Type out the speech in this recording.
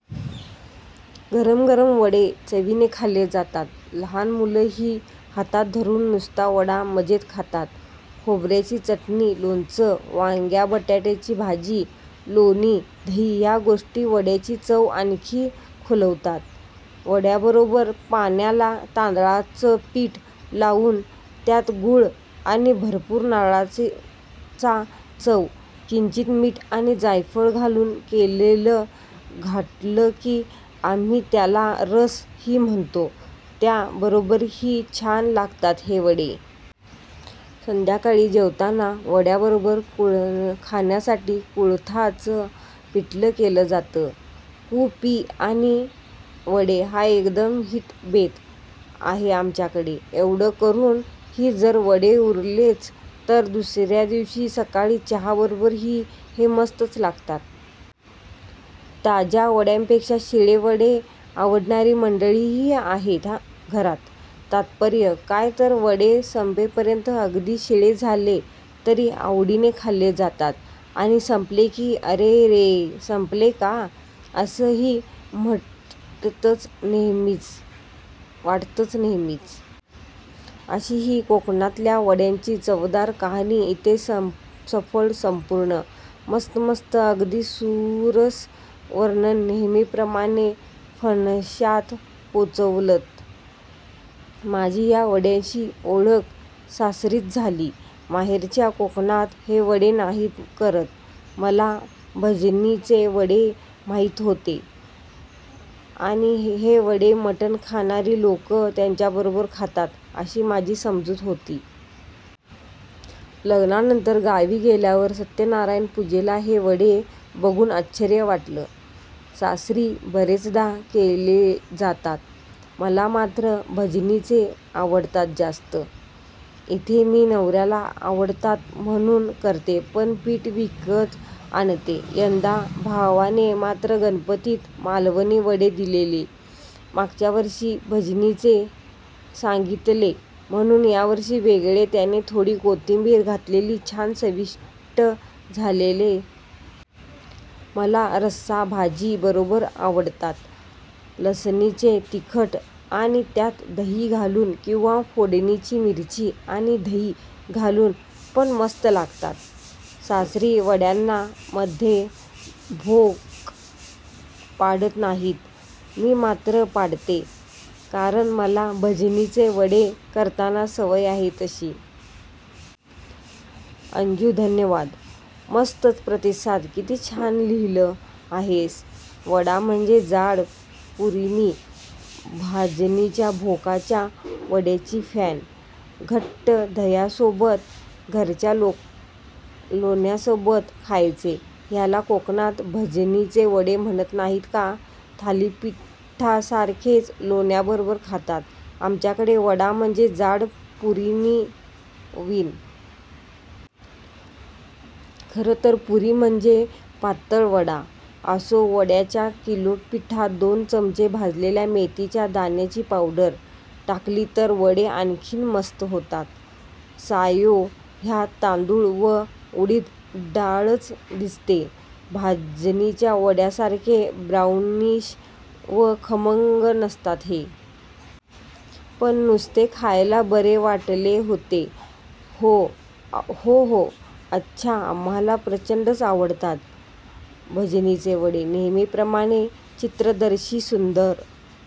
गरम गरम वडे चवीने खाल्ले जातात. लहान मुलं ही हातात धरून नुसता वडा मजेत खातात. खोबऱ्याची चटणी, लोणचं, वांग्या बटाट्याची भाजी, लोणी, दही ह्या गोष्टी वड्याची चव आणखी खुलवतात. वड्यांबरोबर पाण्याला तांदळाचं पीठ लावून त्यात गूळ आणि भरपूर नारळाचा चव, किंचित मीठ आणि जायफळ घालून केलेलं घाटलं किंवा आम्ही त्याला " रस " ही म्हणतो त्या बरोबर ही छान लागतात हे वडे. संध्याकाळी जेवताना वड्यांबरोबर खाण्यासाठी कुळथाच पिठलं केलं जातच. कु पी आणि वडे हा एकदम हिट बेत आहे आमच्याकडे. एवढं करून ही जर वडे उरलेच तर दुसऱ्या दिवशी सकाळी चहा बरोबर ही हे मस्तच लागतात. ताज्या वड्यांपेक्षा शिळे वडे आवडणारी मंडळी ही आहेत घरात. तात्पर्य काय तर वडे संपेपर्यंत अगदी शिळे झाले तरी आवडीने खाल्ले जातात. आणि संपले की " अरे रे! संपले का "? अस ही वाटतंच नेहमीच. अशी ही कोकणातल्या वड्यांची चवदार कहाणी इथे सफळ संपूर्ण. मस्त मस्त अगदी सुरस वर्णन नेहेमीप्रमाणे. फणशात पोचवलंत. माझी ह्या वड्यांशी ओळख सासरीच झाली, माहेरच्या कोकणात हे वडे नाही करत. मला भाजणीचे वडे माहिती होते आणि हे वडे मटण खाणारी लोकं त्याबरोबर खातात अशी माझी समजूत होती. लग्नानंतर गावी गेल्यावर सत्यनारायण पूजेला हे वडे बघून आश्चर्य वाटलं. सासरी बरेचदा केले जातात. मला मात्र भाजणीचे आवडतात जास्त. इथे मी नवऱ्याला आवडतात म्हणून करते पण पीठ विकत आणते. यंदा भावाने मात्र गणपतीत मालवणी वडे दिलेली, मागच्यावर्षी भाजणीचे सांगितले म्हणून यावर्षी वेगळे, त्यांनी थोडी कोथिंबीर घातलेली, छान चविष्ट झालेले. मला रस्सा भाजी बरोबर आवडतात, लसणीचे तिखट आणि त्यात दही घालून किंवा फोडणीची मिरची आणि दही घालून पण मस्त लागतात. सासरी वड्यांना मध्ये भोक पाडत नाहीत, मी मात्र पाडते कारण मला भाजणीचे वडे करताना सवय आहे तशी. अंजू, धन्यवाद! मस्तच प्रतिसाद, किती छान लिहिलं आहेस. वडा म्हणजे जाड पुरीमी भाजणीच्या भोकाच्या वड्यांची फॅन. घट्ट दह्यासोबत, घरच्या लोण्यासोबत खायचे. ह्याला कोकणात भाजणीचे वडे म्हणत नाहीत का? थालिपीठासारखेच लोण्याबरोबर खातात आमच्याकडे. वडा म्हणजे जाड पुरीनवीन, -. खरं तर पुरी म्हणजे पातळ वडा. असो, वड्याच्या किलो पिठात दोन चमचे भाजलेल्या मेथीच्या दाण्यांची पावडर टाकली तर वडे आणखी मस्त होतात. सायो, ह्यात तांदूळ व उडीद डाळच दिसतेय. भाजणीच्या वड्यासारखे ब्राऊनिश व खमंग नसतात हे. पण नुसते खायला बरे वाटले होते. ओह अच्छा. आम्हांला प्रचंडच आवडतात भाजणीचे वडे. नेहमीप्रमाणे चित्रदर्शी सुंदर